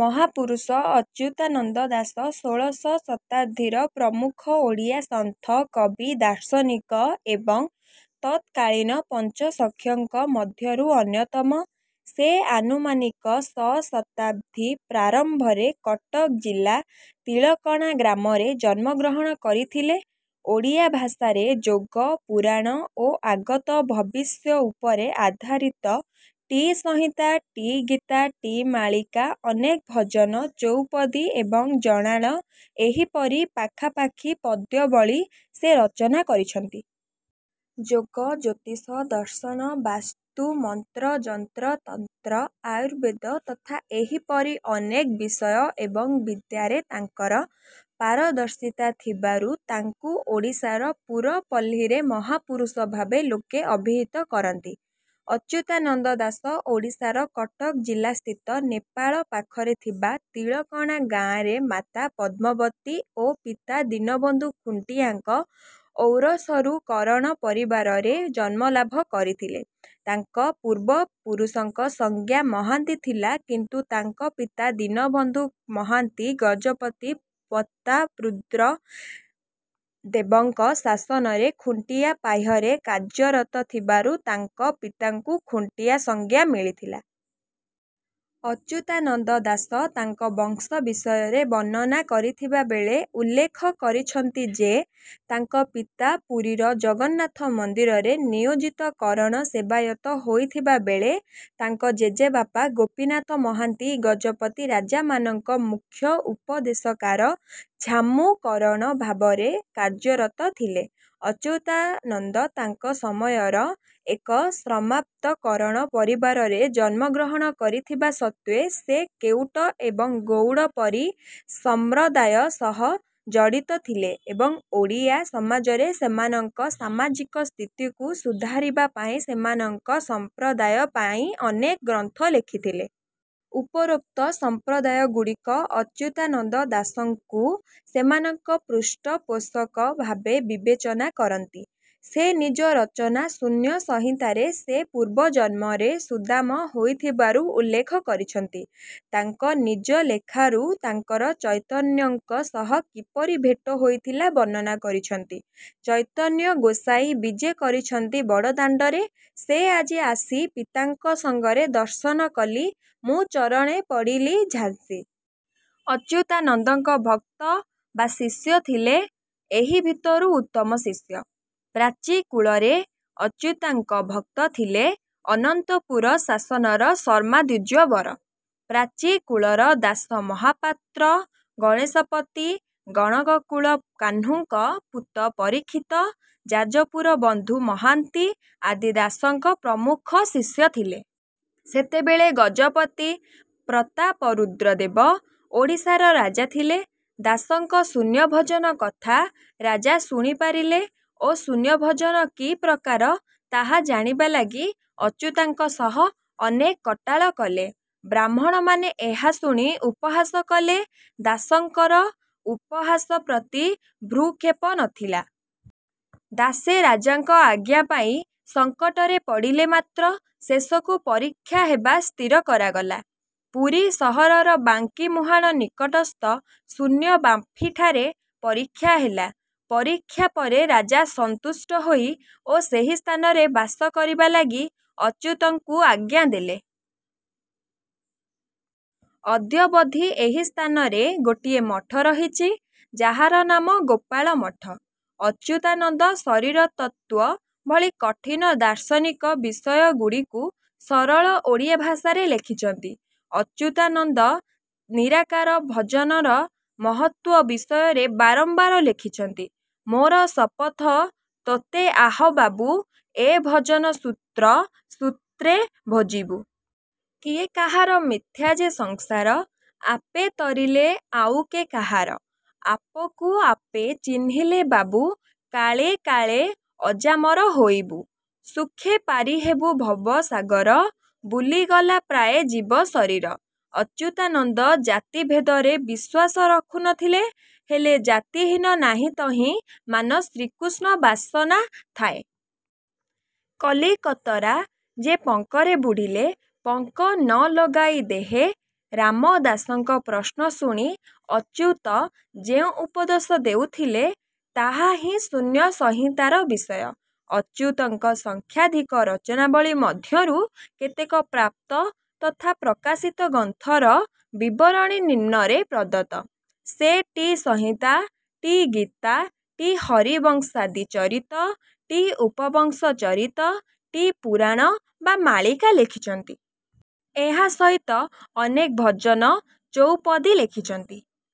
ମହାପୁରୁଷ ଅଚ୍ୟୁତାନନ୍ଦ ଦାସ ଷୋଡ଼ଶ ଶତାବ୍ଦୀର ପ୍ରମୁଖ ଓଡ଼ିଆ ସନ୍ଥ, କବି, ଦାର୍ଶନିକ ଏବଂ ତତ୍କାଳୀନ ପଞ୍ଚସଖାଙ୍କ ମଧ୍ୟରୁ ଅନ୍ୟତମ। ସେ ଆନୁମାନିକ ଶ ଶତାବ୍ଦୀ ପ୍ରାରମ୍ଭରେ କଟକ ଜିଲ୍ଲା ତିଳକଣା ଗ୍ରାମରେ ଜନ୍ମଗ୍ରହଣ କରିଥିଲେ। ଓଡ଼ିଆ ଭାଷାରେ ଯୋଗ, ପୁରାଣ ଓ ଆଗତ ଭବିଷ୍ୟ ଉପରେ ଆଧାରିତ ଟି ସଂହିତା, ଟି ଗୀତା, ଟି ମାଳିକା, ଅନେକ ଭଜନ, ଚଉପଦୀ ଏବଂ ଜଣାଣ ଏହିପରି ପାଖାପାଖି ପଦ୍ୟାବଳୀ ସେ ରଚନା କରିଯାଇଛନ୍ତି। ଯୋଗ, ଜ୍ୟୋତିଷ, ଦର୍ଶନ, ବାସ୍ତୁ, ମନ୍ତ୍ର, ଯନ୍ତ୍ର, ତନ୍ତ୍ର, ଆୟୁର୍ବେଦ ତଥା ଏହିପରି ଅନେକ ବିଷୟ ଏବଂ ବିଦ୍ୟାରେ ତାଙ୍କର ପାରଦର୍ଶିତା ଥିବାରୁ ତାଙ୍କୁ ଓଡ଼ିଶାର ପୁରପଲ୍ଳୀରେ 'ମହାପୁରୁଷ' ଭାବେ ଲୋକେ ଅଭିହିତ କରନ୍ତି। ଅଚ୍ୟୁତାନନ୍ଦ ଦାସ ଓଡ଼ିଶାର କଟକ ଜିଲ୍ଲାସ୍ଥିତ ନେମାଳ ପାଖରେ ଥିବା ତିଳକଣା ଗାଁରେ ମାତା ପଦ୍ମାବତୀ ଓ ପିତା ଦୀନବନ୍ଧୁ ଖୁଣ୍ଟିଆଙ୍କ ଔରସରୁ କରଣ ପରିବାରରେ ଜନ୍ମଲାଭ କରିଥିଲେ ତାଙ୍କ ପୂର୍ବ ପୁରୁଷଙ୍କ ସଂଜ୍ଞା ମହାନ୍ତି ଥିଲା କିନ୍ତୁ ତାଙ୍କ ପିତା ଦୀନବନ୍ଧୁ ମହାନ୍ତି ଗଜପତି ପ୍ରତାରୁଦ୍ର ଦେବଙ୍କ ଶାସନରେ ଖୁଣ୍ଟିଆ ପାହ୍ୟାରେ କାର୍ଯ୍ୟରତ ଥିବାରୁ ତାଙ୍କ ପିତାଙ୍କୁ ଖୁଣ୍ଟିଆ ସଂଜ୍ଞା ମିଳିଥିଲା। ଅଚ୍ୟୁତାନନ୍ଦ ଦାସ ତାଙ୍କ ବଂଶ ବିଷୟରେ ବର୍ଣ୍ଣନା କରିବାବେଳେ ଉଲ୍ଲେଖ କରିଛନ୍ତି ଯେ ତାଙ୍କ ପିତା ପୁରୀର ଜଗନ୍ନାଥ ମନ୍ଦିରରେ ନିୟୋଜିତ କରଣ ସେବାୟତ ହୋଇଥିବାବେଳେ ତାଙ୍କ ଜେଜେବାପା ଗୋପୀନାଥ ମହାନ୍ତି ଗଜପତି ରାଜାମାନଙ୍କର ମୁଖ୍ୟ ଉପଦେଶକାର "ଛାମୁ କରଣ" ଭାବରେ କାର୍ଯ୍ୟରତ ଥିଲେ। ଅଚ୍ୟୁତାନନ୍ଦ ତାଙ୍କ ସମୟର ଏକ ସମ୍ଭ୍ରାନ୍ତ କରଣ ପରିବାରରେ ଜନ୍ମଗ୍ରହଣ କରିଥିବା ସତ୍ତ୍ୱେ ସେ କେଉଟ ଏବଂ ଗୌଡ଼ ପରି ସମ୍ପ୍ରଦାୟ ସହ ଜଡିତ ଥିଲେ ଏବଂ ଓଡ଼ିଆ ସମାଜରେ ସେମାନଙ୍କର ସାମାଜିକ ସ୍ଥିତିକୁ ସୁଧାରିବା ପାଇଁ ସେମାନଙ୍କ ସମ୍ପ୍ରଦାୟ ପାଇଁ ଅନେକ ଗ୍ରନ୍ଥ ଲେଖିଥିଲେ। ଉପରୋକ୍ତ ସମ୍ପ୍ରଦାୟଗୁଡ଼ିକ ଅଚ୍ୟୁତାନନ୍ଦ ଦାସଙ୍କୁ ସେମାନଙ୍କ ପୃଷ୍ଟପୋଷକ ଭାବେ ବିବେଚନା କରନ୍ତି। ସେ ନିଜ ରଚନା ଶୂନ୍ୟସଂହିତାରେ ସେ ପୂର୍ବ ଜନ୍ମରେ ସୁଦାମା ହୋଇଥିବାର ଉଲ୍ଲେଖ କରିଛନ୍ତି। ତାଙ୍କ ନିଜ ଲେଖାରୁ ତାଙ୍କର ଚୈତନ୍ୟଙ୍କ ସହ କିପରି ଭେଟ ହୋଇଥିଲା ବର୍ଣ୍ଣନା ରହିଛି। ଚୈତନ୍ୟ ଗୋସାଇଁ ବିଜେ କରିଛନ୍ତି ବଡ଼ଦାଣ୍ଡରେ ଯେ ଆସି ପିତାଙ୍କ ସଙ୍ଗରେ ଦର୍ଶନ କଲି ମୁଁ ଚରଣେ ପଡ଼ିଲି ଝାସି। ଅଚ୍ୟୁତାନନ୍ଦଙ୍କ ଭକ୍ତ ବା ଶିଷ୍ୟ ଥିଲେ। ଏହି ଭିତରୁ ଉତ୍ତମ ଶିଷ୍ୟ। ପ୍ରାଚୀକୂଳରେ ଅଚ୍ୟୁତଙ୍କ ଭକ୍ତ ଥିଲେ। ଅନନ୍ତପୁର ଶାସନର ଶର୍ମ୍ମା ଦ୍ୱିଜବର, ପ୍ରାଚୀ କୂଳର ଦାସ ମହାପାତ୍ର, ଗଣେଶ ପତି, ଗଣକକୁଳ କାହ୍ନୁଙ୍କ ପୁତ ପରୀକ୍ଷିତ, ଯାଜପୁର ବନ୍ଧୁ ମହାନ୍ତି ଆଦି ଦାସଙ୍କ ପ୍ରମୁଖ ଶିଷ୍ୟ ଥିଲେ। ସେତେବେଳେ ଗଜପତି ପ୍ରତାପରୁଦ୍ର ଦେବ ଓଡ଼ିଶାର ରାଜା ଥିଲେ। ଦାସଙ୍କ ଶୂନ୍ୟଭଜନ କଥା ରାଜା ଶୁଣିପାରିଲେ ଓ ଶୂନ୍ୟଭଜନ କି ପ୍ରକାର ତାହା ଜାଣିବା ଲାଗି ଅଚ୍ୟୁତଙ୍କ ସହ ଅନେକ କଟାଳ କଲେ। ବ୍ରାହ୍ମଣମାନେ ଏହା ଶୁଣି ଉପହାସ କଲେ। ଦାସଙ୍କର ଉପହାସ ପ୍ରତି ଭ୍ରୂକ୍ଷେପ ନ ଥିଲା। ଦାସେ ରାଜାଙ୍କ ଆଜ୍ଞା ପାଇ ସଙ୍କଟରେ ପଡ଼ିଲେ ମାତ୍ର ଶେଷକୁ ପରୀକ୍ଷା ହେବା ସ୍ଥିର କରାଗଲା। ପୁରୀ ସହରର ବାଙ୍କି ମୁହାଁଣ ନିକଟସ୍ଥ ଶୂନ୍ୟ ବାମ୍ଫିଠାରେ ପରୀକ୍ଷା ହେଲା। ପରୀକ୍ଷା ପରେ ରାଜା ସନ୍ତୁଷ୍ଟ ହୋଇ ଓ ସେହି ସ୍ଥାନରେ ବାସ କରିବା ଲାଗି ଅଚ୍ୟୁତଙ୍କୁ ଆଜ୍ଞା ଦେଲେ। ଅଦ୍ୟାବଧି ଏହି ସ୍ଥାନରେ ଗୋଟିଏ ମଠ ରହିଛି ଯାହାର ନାମ ଗୋପାଳ ମଠ। ଅଚ୍ୟୁତାନନ୍ଦ ଶରୀରତତ୍ତ୍ୱ ଭଳି କଠିନ ଦାର୍ଶନିକ ବିଷୟଗୁଡ଼ିକୁ ସରଳ ଓଡ଼ିଆ ଭାଷାରେ ଲେଖିଛନ୍ତି। ଅଚ୍ୟୁତାନନ୍ଦ ନିରାକାର ଭଜନର ମହତ୍ତ୍ୱ ବିଷୟରେ ବାରମ୍ବାର ଲେଖିଛନ୍ତି। ମୋହ ଶପଥ ତୋତେ ଆହୋ ବାବୁ। ଏ ଭଜନ ସୂତ୍ର ସୂତ୍ରେ ଭଜିବୁ।। କିଏ କାହାର ମିଥ୍ଯା ଯେ ସଂସାର। ଆପେ ତରିଲେ ଆଉ କେ କାହାର।। ଆପକୁ ଆପେ ଚିହ୍ନିଲେରେ ବାବୁ। କାଳେ କାଳେ ଅଜାମର ହୋଇବୁ।। ସୁଖେ ପାରିହେବୁ ଭବସାଗର। ବୁଲିଗଲା ପ୍ରାୟେ ଯିବ ଶରୀର।। ଅଚ୍ୟୁତାନନ୍ଦ ଜାତିଭେଦରେ ବିଶ୍ୱାସ ରଖୁନଥିଲେ। ହେଲେ ଜାତି ହୀନ ନାହିଁ ତହିଁ ମାନ ଶ୍ରୀକୃଷ୍ଣ ବାସନା ଥାଏ। କଲିକତରା ଯେ ପଙ୍କରେ ବୁଡ଼ିଲେ ପଙ୍କ ନ ଲାଗଇ ଦେହେ।। ରାମଦାସଙ୍କ ପ୍ରଶ୍ନ ଶୁଣି ଅଚ୍ୟୁତ ଯେଉଁ ଉପଦେଶ ଦେଇଥିଲେ ତାହା ହିଁ ଶୂନ୍ୟସଂହିତାର ବିଷୟ। ଅଚ୍ୟୁତଙ୍କ ସଂଖ୍ୟାଧିକ ରଚନାବଳୀ ମଧ୍ୟରୁ କେତକ ପ୍ରାପ୍ତ ତଥା ପ୍ରକାଶିତ ଗ୍ରନ୍ଥର ବିବରଣୀ ନିମ୍ନରେ ପ୍ରଦତ୍ତ। ସେ ଟି ସଂହିତା, ଟି ଗୀତା, ଟି ହରିବଂଶାଦି ଚରିତ, ଟି ଉପବଂଶ ଚରିତ, ଟି ପୁରାଣ ବା ମାଳିକା ଲେଖିଛନ୍ତି। ଏହା ସହିତ ସେ ଅନେକ ଭଜନ ଚୌପଦୀ ଲେଖିଛନ୍ତି।।